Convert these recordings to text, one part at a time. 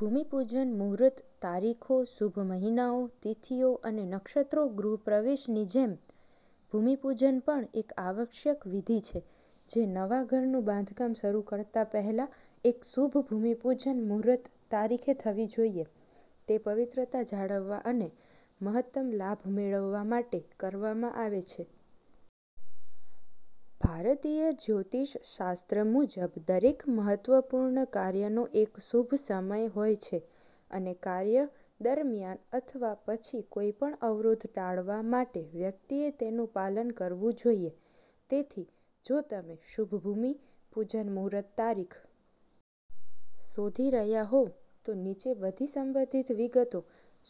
ભૂમિ પૂજન મુહૂર્ત તારીખો શુભ મહિનાઓ, તિથિઓ અને નક્ષત્રો ગૃહપ્રવેશની જેમ, ભૂમિપૂજનપણ એક આવશ્યક વિધિ છે જે નવા ઘરનું બાંધકામ શરૂ કરતા પહેલા એક શુભ ભૂમિપૂજન મુહૂર્ત તારીખે થવી જોઈએ. તે પવિત્રતા જાળવવા અને મહત્તમ લાભ મેળવવા માટે કરવામાં આવે છે. ભારતીય જ્યોતિષશાસ્ત્ર મુજબ, દરેક મહત્વપૂર્ણ કાર્યનો એક શુભ સમય હોય છે, અને કાર્ય દરમિયાન અથવા પછી કોઈપણ અવરોધ ટાળવા માટે વ્યક્તિએ તેનું પાલન કરવું જોઈએ. તેથી, જો તમે શુભ ભૂમિ પૂજન મુહૂર્ત તારીખ શોધી રહ્યા હોવ, તો નીચે બધી સંબંધિત વિગતો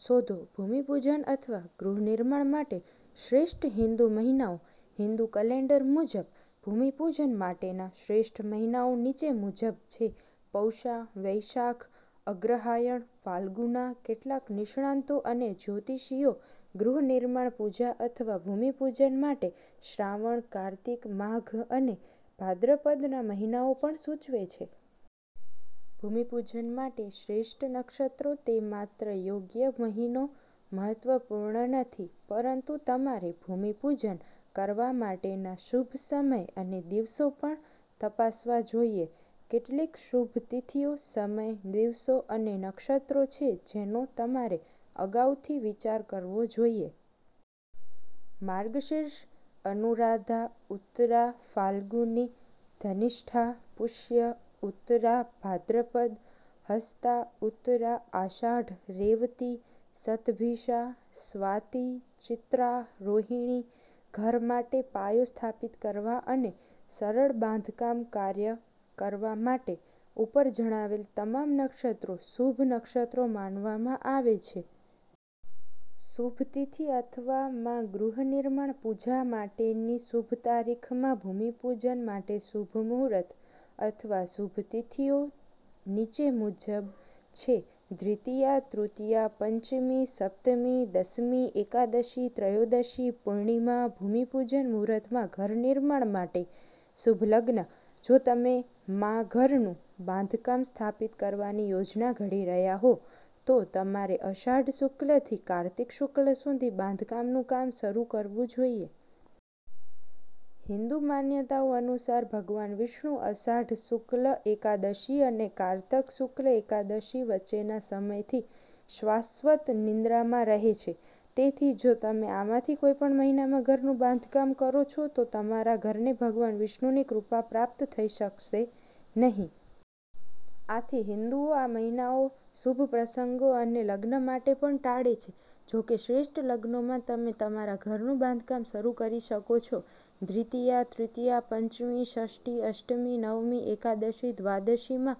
શોધોભૂમિપૂજન અથવા ગૃહ નિર્માણ માટે શ્રેષ્ઠ હિન્દુ મહિનાઓ હિંદુ કેલેન્ડર મુજબ, ભૂમિપૂજન માટેના શ્રેષ્ઠ મહિનાઓ નીચે મુજબ છેપૌષા વૈશાખ અગ્રહાયણ ફાલ્ગુના કેટલાક નિષ્ણાતો અને જ્યોતિષીઓ ગૃહ નિર્માણ પૂજા અથવા ભૂમિપૂજન માટે શ્રાવણ, કાર્તિક, માઘ અને ભાદ્રપદના મહિનાઓ પણ સૂચવે છે. ભૂમિ પૂજન માટે શ્રેષ્ઠ નક્ષત્રો તે માત્ર યોગ્ય મહિનોમહત્વપૂર્ણ નથી, પરંતુ તમારે ભૂમિપૂજન કરવા માટેના શુભ સમય અને દિવસો પણ તપાસવા જોઈએ. કેટલીક શુભ તિથિઓ, સમય, દિવસો અને નક્ષત્રો છે જેનો તમારે અગાઉથી વિચાર કરવો જોઈએ. માર્ગશીર્ષ અનુરાધા ઉત્તરા ફાલ્ગુની ધનિષ્ઠા પુષ્ય ઉત્તરા ભાદ્રપદ હસ્તા ઉત્તરા આષાઢ રેવતી શતભિષા સ્વાતિ ચિત્રા રોહિણી ઘર માટે પાયો સ્થાપિત કરવા અને સરળ બાંધકામ કાર્ય કરવા માટે, ઉપર જણાવેલ તમામ નક્ષત્રો શુભ નક્ષત્રો માનવામાં આવે છે. શુભ તિથિ અથવા માં ગૃહ નિર્માણ પૂજા માટેની શુભ તારીખ માં ભૂમિપૂજન માટે શુભ મુહૂર્ત અથવા શુભ તિથિઓ નીચે મુજબ છેદ્વિતિયા તૃતીયા પંચમી સપ્તમી દશમી એકાદશી ત્રયોદશી પૂર્ણિમા ભૂમિ પૂજન મુહૂર્ત માં ઘર નિર્માણ માટે શુભ લગ્ન જો તમે માં ઘરનું બાંધકામ સ્થાપિત કરવાની યોજના ઘડી રહ્યા હો, તો તમારે અષાઢ શુક્લથી કાર્તિક શુક્લ સુધી બાંધકામનું કામ શરૂકરવું જોઈએ. હિંદુ માન્યતાઓ અનુસાર, ભગવાન વિષ્ણુ અષાઢ શુક્લ એકાદશી અને કારતક શુક્લ એકાદશી વચ્ચેના સમયથી શાશ્વત નિદ્રામાં રહે છે. તેથી, જો તમે આમાંથી કોઈપણ મહિનામાં ઘરનું બાંધકામ કરો છો, તો તમારા ઘરને ભગવાન વિષ્ણુની કૃપા પ્રાપ્ત થઈ શકશે નહીં. આથી, હિન્દુઓ આ મહિનાઓ શુભ પ્રસંગો અને લગ્ન માટે પણ ટાળે છે. જો કે, શ્રેષ્ઠ લગ્નોમાં તમે તમારા ઘરનું બાંધકામ શરૂ કરી શકો છો. દ્વિતીયા, તૃતીયા. પંચમી. ષષ્ઠી, અષ્ટમી, નવમી, એકાદશી, દ્વાદશીમાં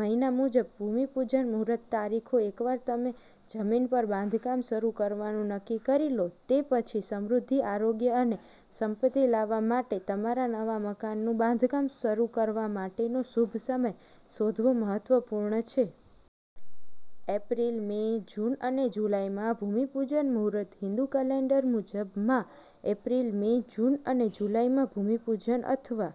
મહિના મુજબ ભૂમિપૂજન મુહૂર્ત તારીખો એકવાર તમે જમીન પર બાંધકામ શરૂ કરવાનું નક્કી કરી લો તે પછી, સમૃદ્ધિ, આરોગ્ય અને સંપત્તિ લાવવા માટે તમારા નવા મકાનનું બાંધકામ શરૂ કરવા માટેનો શુભ સમય શોધવો મહત્વપૂર્ણ છે. એપ્રિલ, મે, જૂન અને જુલાઈમાં ભૂમિપૂજન મુહૂર્ત હિંદુ કેલેન્ડર મુજબ, માં એપ્રિલ, મે, જૂન અને જુલાઈમાં ભૂમિપૂજન અથવા